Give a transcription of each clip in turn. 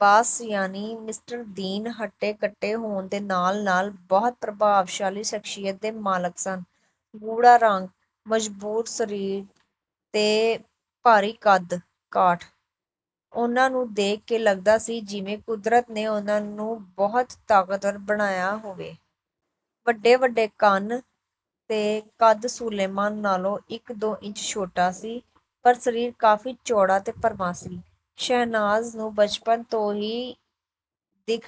ਬਾਸ, ਯਾਨੀ ਕਿ ਮਿਸਟਰ ਦੀਨ, ਹੱਟੇ-ਕੱਟੇ ਹੋਣ ਦੇ ਨਾਲ-ਨਾਲ ਬਹੁਤ ਪ੍ਰਭਾਵਸ਼ਾਲੀ ਸ਼ਖ਼ਸੀਅਤ ਦੇ ਮਾਲਕ ਸਨ। ਗੂੜ੍ਹਾ ਰੰਗ, ਮਜ਼ਬੂਤ ਸਰੀਰ ਤੇ ਭਾਰੀ ਕੱਦ-ਕਾਠ। ਉਹਨਾਂ ਨੂੰ ਦੇਖ ਕੇ ਲੱਗਦਾ ਸੀ ਜਿਵੇਂ ਕੁਦਰਤ ਨੇ ਉਹਨਾਂ ਨੂੰ ਬਹੁਤ ਤਾਕਤਵਰ ਬਣਾਇਆ ਹੋਵੇ। ਵੱਡੇ-ਵੱਡੇ ਕੰਨ ਤੇ ਕੱਦ ਸੁਲੇਮਾਨ ਨਾਲੋਂ ਇੱਕ-ਦੋ ਇੰਚ ਛੋਟਾ ਸੀ, ਪਰ ਸਰੀਰ ਕਾਫ਼ੀ ਚੌੜਾ ਤੇ ਭਰਵਾਂ ਸੀ। ਸ਼ਹਿਨਾਜ਼ ਨੂੰ ਬਚਪਨ ਤੋਂ ਹੀ ਦਿੱਖ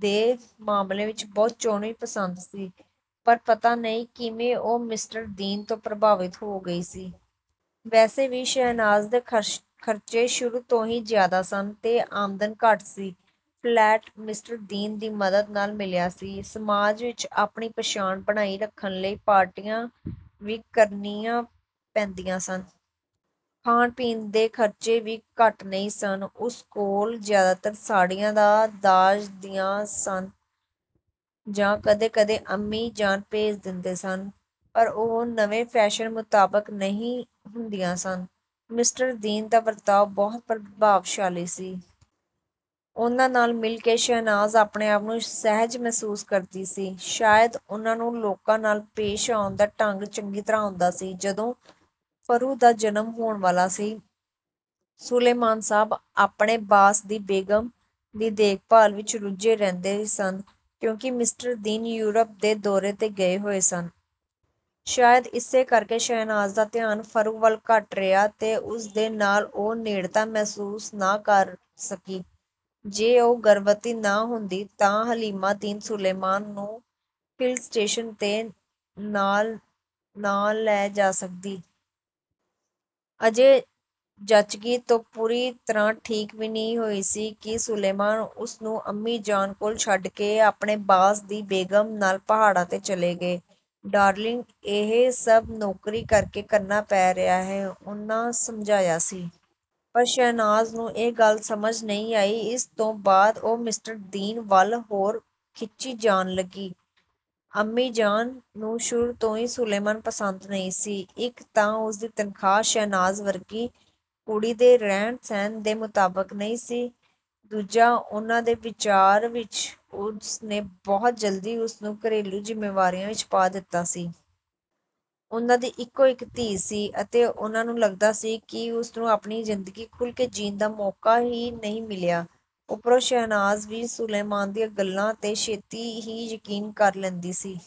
ਦੇ ਮਾਮਲੇ ਵਿੱਚ ਬਹੁਤ ਚੋਣਵੀਂ ਪਸੰਦ ਸੀ, ਪਰ ਪਤਾ ਨਹੀਂ ਕਿਵੇਂ ਉਹ ਮਿਸਟਰ ਦੀਨ ਤੋਂ ਪ੍ਰਭਾਵਿਤ ਹੋ ਗਈ ਸੀ। ਵੈਸੇ ਵੀ ਸ਼ਹਿਨਾਜ਼ ਦੇ ਖਰਚੇ ਸ਼ੁਰੂ ਤੋਂ ਹੀ ਜ਼ਿਆਦਾ ਸਨ ਤੇ ਆਮਦਨ ਘੱਟ ਸੀ। ਫ਼ਲੈਟ ਮਿਸਟਰ ਦੀਨ ਦੀ ਮਦਦ ਨਾਲ ਮਿਲਿਆ ਸੀ। ਸਮਾਜ ਵਿੱਚ ਆਪਣੀ ਪਛਾਣ ਬਣਾਈ ਰੱਖਣ ਲਈ ਪਾਰਟੀਆਂ ਵੀ ਕਰਣੀਆਂ ਪੈਂਦੀਆਂ ਸਨ। ਖਾਣ-ਪੀਣ ਦੇ ਖਰਚੇ ਵੀ ਘੱਟ ਨਹੀਂ ਸਨ। ਉਸ ਕੋਲ ਜ਼ਿਆਦਾਤਰ ਸਾੜੀਆਂ ਦਾਜ਼ ਦੀਆਂ ਸਨ ਜਾਂ ਕਦੇ-ਕਦੇ ਅੰਮੀ ਜਾਨ ਭੇਜ ਦਿੰਦੇ ਸਨ, ਪਰ ਉਹ ਨਵੇਂ ਫੈਸ਼ਨ ਮੁਤਾਬਕ ਨਹੀਂ ਹੁੰਦੀਆਂ ਸਨ। ਮਿਸਟਰ ਦੀਨ ਦਾ ਵਰਤਾਓ ਬਹੁਤ ਪ੍ਰਭਾਵਸ਼ਾਲੀ ਸੀ। ਉਹਨਾਂ ਨਾਲ ਮਿਲ ਕੇ ਸ਼ਹਿਨਾਜ਼ ਆਪਣੇ ਆਪ ਨੂੰ ਸਹਿਜ ਮਹਿਸੂਸ ਕਰਦੀ ਸੀ। ਸ਼ਾਇਦ ਉਹਨਾਂ ਨੂੰ ਲੋਕਾਂ ਨਾਲ ਪੇਸ਼ ਆਉਣ ਦਾ ਢੰਗ ਚੰਗੀ ਤਰ੍ਹਾਂ ਆਉਂਦਾ ਸੀ। ਜਦੋਂ ਫ਼ਰੂ ਦਾ ਜਨਮ ਹੋਣ ਵਾਲਾ ਸੀ, ਸੁਲੇਮਾਨ ਸਾਹਬ ਆਪਣੇ ਬਾਸ ਦੀ ਬੇਗ਼ਮ ਦੀ ਦੇਖਭਾਲ ਵਿੱਚ ਰੁੱਝੇ ਰਹਿੰਦੇ ਸਨ, ਕਿਉਂਕਿ ਮਿਸਟਰ ਦੀਨ ਯੂਰਪ ਦੇ ਦੌਰੇ 'ਤੇ ਗਏ ਹੋਏ ਸਨ। ਸ਼ਾਇਦ ਇਸੇ ਕਰਕੇ ਸ਼ਹਿਨਾਜ਼ ਦਾ ਧਿਆਨ ਫ਼ਰੂ ਵੱਲ ਘੱਟ ਰਿਹਾ ਤੇ ਉਸਦੇ ਨਾਲ ਉਹ ਨੇੜਤਾ ਮਹਿਸੂਸ ਨਾ ਕਰ ਸਕੀ। ਜੇ ਉਹ ਗਰਭਵਤੀ ਨਾ ਹੁੰਦੀ, ਤਾਂ ਹਲੀਮਾ ਦੀਨ ਸੁਲੇਮਾਨ ਨੂੰ ਹਿੱਲ ਸਟੇਸ਼ਨ 'ਤੇ ਨਾਲ ਨਾ ਲੈ ਜਾ ਸਕਦੀ। ਅਜੇ ਜੱਚਗੀ ਤੋਂ ਪੂਰੀ ਤਰ੍ਹਾਂ ਠੀਕ ਵੀ ਨਹੀਂ ਹੋਈ ਸੀ ਕਿ ਸੁਲੇਮਾਨ ਉਸਨੂੰ ਅੰਮੀ ਜਾਨ ਕੋਲ ਛੱਡ ਕੇ ਆਪਣੇ ਬਾਸ ਦੀ ਬੇਗ਼ਮ ਨਾਲ ਪਹਾੜਾਂ 'ਤੇ ਚਲੇ ਗਏ। "ਡਾਰਲਿੰਗ, ਇਹ ਸਭ ਨੌਕਰੀ ਕਰਕੇ ਕਰਨਾ ਪੈ ਰਿਹਾ ਹੈ," ਉਹਨਾਂ ਸਮਝਾਇਆ ਸੀ। ਪਰ ਸ਼ਹਿਨਾਜ਼ ਨੂੰ ਇਹ ਗੱਲ ਸਮਝ ਨਹੀਂ ਆਈ। ਇਸ ਤੋਂ ਬਾਅਦ ਉਹ ਮਿਸਟਰ ਦੀਨ ਵੱਲ ਹੋਰ ਖਿੱਚੀ ਜਾਣ ਲੱਗੀ। ਅੰਮੀ ਜਾਨ ਨੂੰ ਸ਼ੁਰੂ ਤੋਂ ਹੀ ਸੁਲੇਮਾਨ ਪਸੰਦ ਨਹੀਂ ਸੀ। ਇੱਕ ਤਾਂ ਉਸਦੀ ਤਨਖ਼ਾਹ ਸ਼ਹਿਨਾਜ਼ ਵਰਗੀ ਕੁੜੀ ਦੇ ਰਹਿਣ-ਸਹਿਣ ਦੇ ਮੁਤਾਬਕ ਨਹੀਂ ਸੀ, ਦੂਜਾ ਉਹਨਾਂ ਦੇ ਵਿਚਾਰ ਵਿੱਚ ਉਸਨੇ ਬਹੁਤ ਜਲਦੀ ਉਸਨੂੰ ਘਰੇਲੂ ਜ਼ਿੰਮੇਵਾਰੀਆਂ ਵਿੱਚ ਪਾ ਦਿੱਤਾ ਸੀ। ਉਹਨਾਂ ਦੀ ਇਕੋ-ਇੱਕ ਧੀ ਸੀ ਅਤੇ ਉਹਨਾਂ ਨੂੰ ਲੱਗਦਾ ਸੀ ਕਿ ਉਸਨੂੰ ਆਪਣੀ ਜ਼ਿੰਦਗੀ ਖੁੱਲ੍ਹ ਕੇ ਜੀਣ ਦਾ ਮੌਕਾ ਹੀ ਨਹੀਂ ਮਿਲਿਆ। ਉੱਪਰੋਂ ਸ਼ਹਿਨਾਜ਼ ਵੀ ਸੁਲੇਮਾਨ ਦੀਆਂ ਗੱਲਾਂ 'ਤੇ ਛੇਤੀ ਹੀ ਯਕੀਨ ਕਰ ਲੈਂਦੀ ਸੀ।